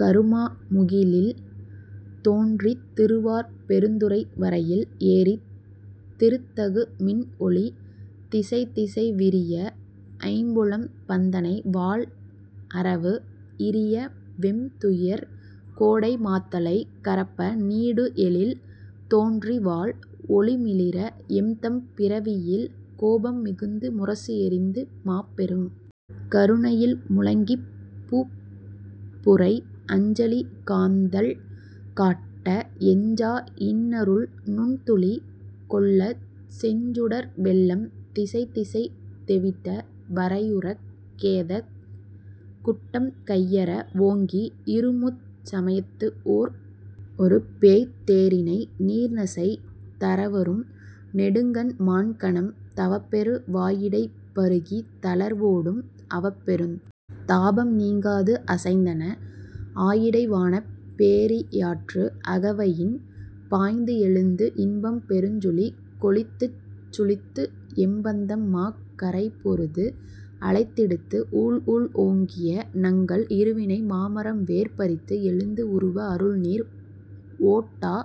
கருமா முகிலில் தோன்றித் திருவார் பெருந்துறை வரையில் ஏறித் திருத்தகு மின்ஒளி திசைதிசை விரிய ஐம்புலம் பந்தனை வாள்அரவு இரிய வெம் துயர் கோடை மாத்தலை கரப்ப நீடு எழில் தோன்றி வாள் ஒளி மிளிர எம்தம் பிறவியில் கோபம் மிகுந்து முரசு ஏறிந்து மாப்பெருங் கருணையில் முழங்கிப் பூப்புரை அஞ்சலி காந்தள் காட்ட எஞ்சா இன்னருள் நுண்துளி கொள்ளச் செஞ்சுடர் வெள்ளம் திசைதிசை தெவிட்ட வரையுறக் கேதக் குட்டம் கையற வோங்கி இருமுச் சமயத்து ஒரு பேய்த் தேரினை நீர்நசை தரவரும் நெடுங்கண் மான்கணம் தவப்பெரு வாயிடைப் பருகித் தளர்வொடும் அவப்பெருந் தாபம் நீங்காது அசைந்தன ஆயிடை வானப் பேரியாற்று அகவயின் பாய்ந்து எழுந்து இன்பம் பெருஞ்சுழி கொழித்துச் சுழித்து எம்பந்தம் மாக் கரைபொருது அலைத்திடித்து ஊழ் ஊழ் ஓங்கிய நங்கள் இருவினை மாமரம் வேர் பறித்து எழுந்து உருவ அருள்நீர் ஓட்டா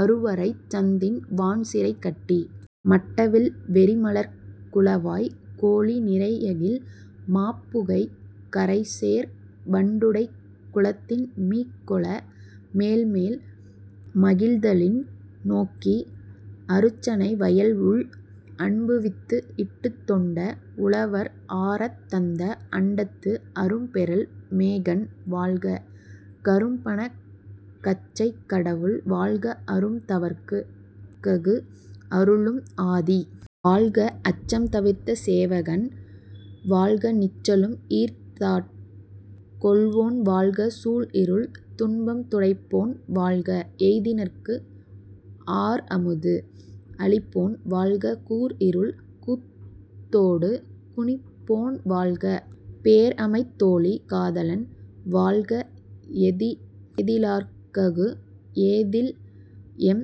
அருவரைச் சந்தின் வான்சிறை கட்டி மட்டவிழ் வெறிமலர்க் குளவாய் கோலி நிறையகில் மாப்புகைக் கரைசேர் வண்டுடைக் குளத்தின் மீக்கொள மேல்மேல் மகிழ்தலின் நோக்கி அருச்சனை வயல் உள் அன்புவித்து இட்டுத் தொண்ட உழவர் ஆரத் தந்த அண்டத்து அரும்பெறல் மேகன் வாழ்க கரும்பணக் கச்சைக் கடவுள் வாழ்க அரும்தவர்ககு அருளும் ஆதி வாழ்க அச்சம் தவிர்த்த சேவகன் வாழ்க நிச்சலும் ஈர்த்தாட் கொள்வோன் வாழ்க சூழ்இருள் துன்பம் துடைப்போன் வாழ்க எய்தினர்க்கு ஆர்அமுது அளிப்போன் வாழ்க கூர்இருள் கூத்தொடு குனிப்போன் வாழ்க பேர்அமைத் தோளி காதலன் வாழ்க எதிலார்ககு ஏதில்எம்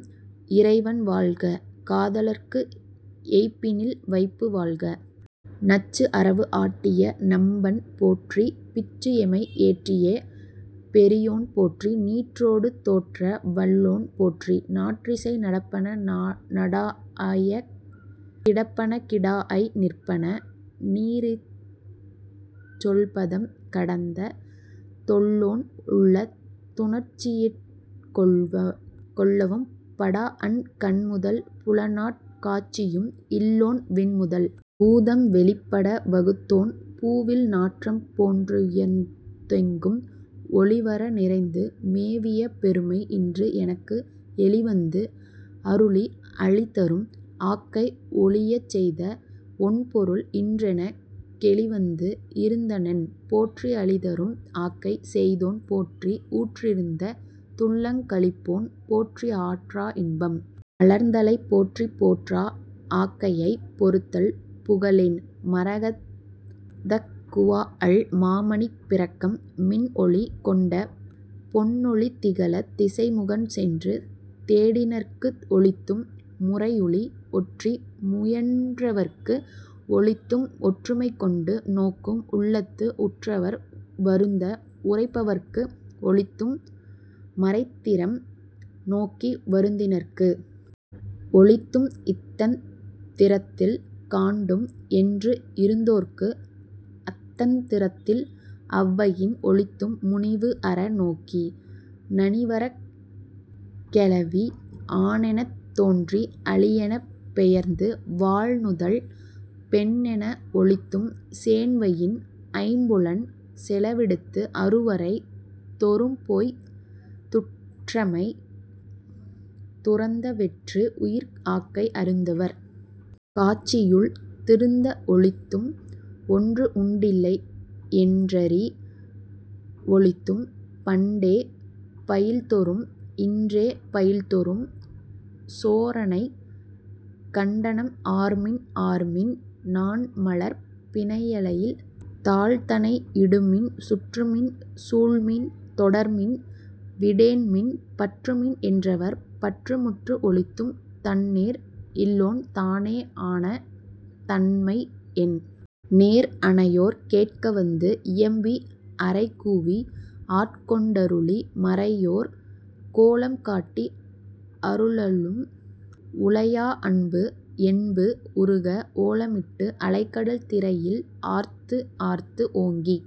இறைவன் வாழ்க காதலர்க்கு எய்ப்பினில் வைப்பு வாழ்க நச்சு அரவு ஆட்டிய நம்பன் போற்றி பிச்சு எமை ஏற்றிய பெரியோன் போற்றி நீற்றொடு தோற்ற வல்லோன் போற்றி நாற்றிசை நடப்பன நடாஅய்க் கிடப்பன கிடாஅய் நிற்பன நிறீஇச் சொல்பதம் கடந்த தொல்லோன் உள்ளத் துணர்ச்சியிற் கொள்ளவும் படாஅன் கண்முதல் புலனாற் காட்சியும் இல்லோன் விண்முதல் பூதம் வெளிப்பட வகுத்தோன் பூவில் நாற்றம் போன்றுயர்ந் தெங்கும் ஒழிவற நிறைந்து மேவிய பெருமை இன்று எனக்கு எளிவந்து அருளி அழிதரும் ஆக்கை ஒழியச்செய்த ஒண்பொருள் இன்றெனக் கெளிவந்து இருந்தனன் போற்றி அளிதரும் ஆக்கை செய்தோன் போற்றி ஊற்றிருந்த துள்ளங் களிப்போன் போற்றி ஆற்றா இன்பம் அலர்ந்தலை போற்றி போற்றா ஆக்கையைப் பொறுத்தல் புகலேன் மரகதக் குவாஅல் மாமணிப் பிறக்கம் மின்ஒளி கொண்ட பொன்னொளி திகழத் திசைமுகன் சென்று தேடினர்க்கு ஒளித்தும் முறையுளி ஒற்றி முயன்றவர்க்கு ஒளித்தும் ஒற்றுமை கொண்டு நோக்கும் உள்ளத்து உற்றவர் வருந்த உறைப்பவர்க்கு ஒளித்தும் மறைத்திறம் நோக்கி வருந்தினர்க்கு ஒளித்தும் இத்தந் திரத்தில் காண்டும் என்று இருந்தோர்க்கு அத்தந் திரத்தில் அவ்வயின் ஒளித்தும் முனிவு அற நோக்கி நனிவரக் கௌவி ஆணெனத் தோன்றி அலியெனப் பெயர்ந்து வாள்நுதல் பெண்என ஒளித்தும் சேண்வயின் ஐம்புலன் செலவிடுத்து அருவரை தொறும்போய்த் துற்றவை துறந்த வெற்று உயிர் ஆக்கை அருந்தவர் காட்சியுள் திருந்த ஒளித்தும் ஒன்று உண்டில்லை யென்றறி வொளித்தும் பண்டே பயில்தொறும் இன்றே பயில்தொறும் சோரனைக் கண்டனம் ஆர்மின் ஆர்மின் நாண்மலர்ப் பிணையலில் தாள்தனை இடுமின் சுற்றுமின் சூழ்மின் தொடர்மின் விடேன்மின் பற்றுமின் என்றவர் பற்றுமுற்று ஒளித்தும் தன்நேர் இல்லோன் தானே ஆன தன்மை என் நேர் அனையோர் கேட்கவந்து இயம்பி அறைகூவி ஆட்கொண்டருளி மறையோர் கோலம் காட்டி அருளலும் உலையா அன்பு என்பு உருக ஓலமிட்டு அலைகடல் திரையில் ஆர்த்து ஆர்த்து ஓங்கித்